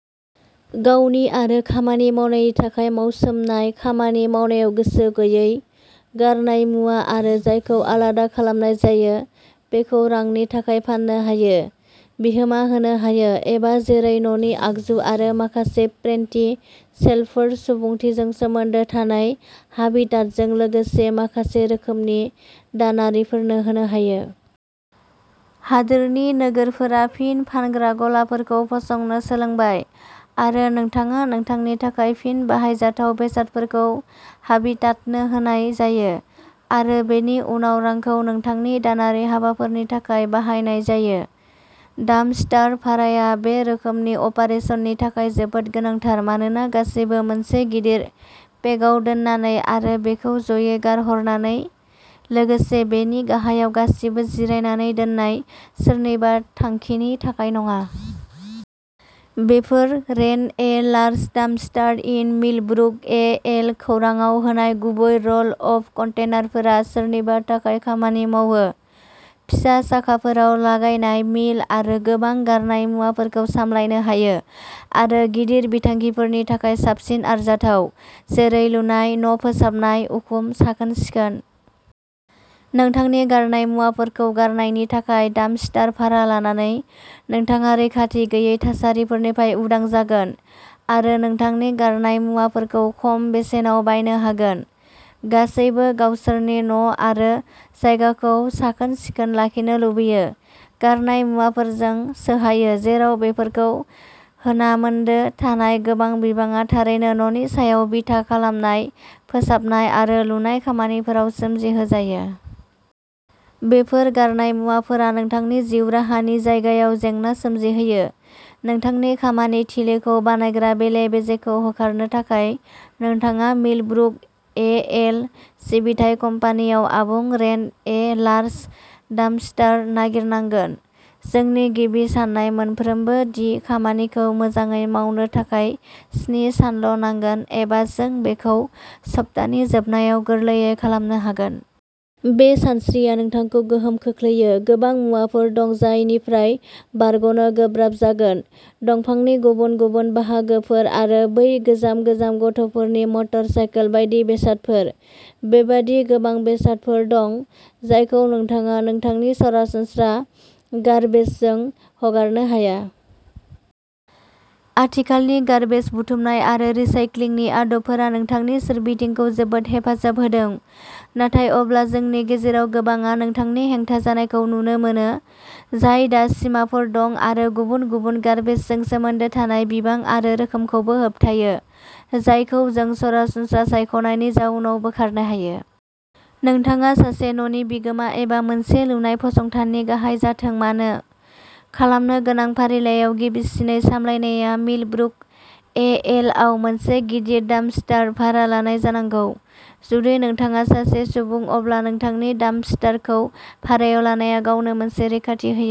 गावनि आरो खामानि मावनायनि थाखाय मावसोमनाय खामानि मावनायाव गोसो गैयै। गारनाय मुवा आरो जायखौ आलादा खालामनाय जायो, बेखौ रांनि थाखाय फाननो हायो, बिहोमा होनो हायो, एबा जेरै न'नि आगजु आरो माखासे पेन्ट्री शेल्फफोर सुबुंथिजों सोमोन्दो थानाय हाबिटाटजों लोगोसे माखासे रोखोमनि दानारिफोरनो होनो हायो। हादोरनि नोगोरफोरा फिन फानग्रा गलाफोरखौ फसंनो सोलोंबाय आरो नोंथाङा नोंथांनि थाखाय फिन बाहायजाथाव बेसादफोरखौ हाबिटाटनो होनाय जायो आरो बेनि उनाव रांखौ नोंथांनि दानारि हाबाफोरनि थाखाय बाहायनाय जायो। डाम्पस्टार भाराया बे रोखोमनि अपारेसननि थाखाय जोबोद गोनांथार मानोना गासैबो मोनसे गिदिर पेकआव दोननानै आरो बेखौ जयै गारहरनानै, लोगोसे बेनि गाहायाव गासिबो जिरायनानै दोननाय, सोरनिबा थांखिनि थाखाय नङा। Before rent a large dumpster in Millbrook, A L खौरांआव होनाय गुबै रल अफ कन्टेनारफोरा सोरनिबा थाखाय खामानि मावो। फिसा साखाफोराव लागायनाय मिल आरो गोबां गारनाय मुवाफोरखौ सामलायनो हायो आरो गिदिर बिथांखिफोरनि थाखाय साबसिन आरजाथाव, जेरै लुनाय, न' फोसाबनाय, उखुम साखोन-सिखोन। नोंथांनि गारनाय मुवाफोरखौ गारनायनि थाखाय डाम्पस्टार भारा लानानै, नोंथाङा रैखाथि गैयै थासारिफोरनिफ्राय उदां जागोन आरो नोंथांनि गारनाय मुवाफोरखौ खम बेसेनाव बायनो हागोन। गासैबो गावसोरनि न'आरो जायगाखौ साखोन-सिखोन लाखिनो लुबैयो। गारनाय मुवाफोरजों सोहायो जेराव बेफोरखौ होनामोन्दो थानाय गोबां बिबाङा थारैनो न'नि सायाव बिथा खालामनाय फोसाबनाय आरो लुनाय खामानिफोराव सोमजिहोजायो। बेफोर गारनाय मुवाफोरा नोंथांनि जिउ राहानि जायगायाव जेंना सोमजिहोयो। नोंथांनि खामानि थिलिखौ बानायग्रा बेले-बेजेखौ होखारनो थाखाय, नोंथाङा मिलब्रुक, ए. एल. सिबिथाइ कम्पानिआव आबुं रेन्ट ए लार्ज डाम्पस्टार नागिरनांगोन। जोंनि गिबि सान्नाय मोनफ्रोमबो दि खामानिखौ मोजाङै मावनो थाखाय स्नि सानल' नांगोन एबा जों बेखौ सप्तानि जोबनायाव गोरलैयै खालामनो हागोन। बे सानस्रिया नोंथांखौ गोहोम खोख्लैयो। गोबां मुवाफोर दं जायनिफ्राय बारग'नो गोब्राब जागोन। दंफांनि गुबुन गुबुन बाहागोफोर आरो बै गोजाम गोजाम गथ'फोरनि मटर साइकेल बायदि बेसादफोर। बेबादि गोबां बेसादफोर दं जायखौ नोंथाङा नोंथांनि सरासनस्रा गार्बेजजों हगारनो हाया। आथिखालनि गार्बेज बुथुमनाय आरो रिसाइक्लिंनि आदबफोरा नोंथांनि सोरबिथिंखौ जोबोद हेफाजाब होदों। नाथाय अब्ला जोंनि गेजेराव गोबांआ नोंथांनि हेंथा जानायखौ नुनो मोनो, जाय दा सिमाफोर दं आरो गुबुन गुबुन गार्बेजजों सोमोन्दो थानाय बिबां आरो रोखोमखौबो होबथायो, जायखौ जों सरासनस्रा सायख'नायनि जाउनाव बोखारनो हायो। नोंथाङा सासे न'नि बिगोमा एबा मोनसे लुनाय फसंथाननि गाहाय जाथों मानो, खालामनो गोनां फारिलाइयाव गिबिसिनै सामलायनाया मिलब्रुक, ए. एल. आव मोनसे गिदिर डाम्पस्टार भारा लानाय जानांगौ। जुदि नोंथाङा सासे सुबुं, अब्ला नोंथांनि डाम्पस्टारखौ भारायाव लानाया गावनो मोनसे रैखाथि होयो।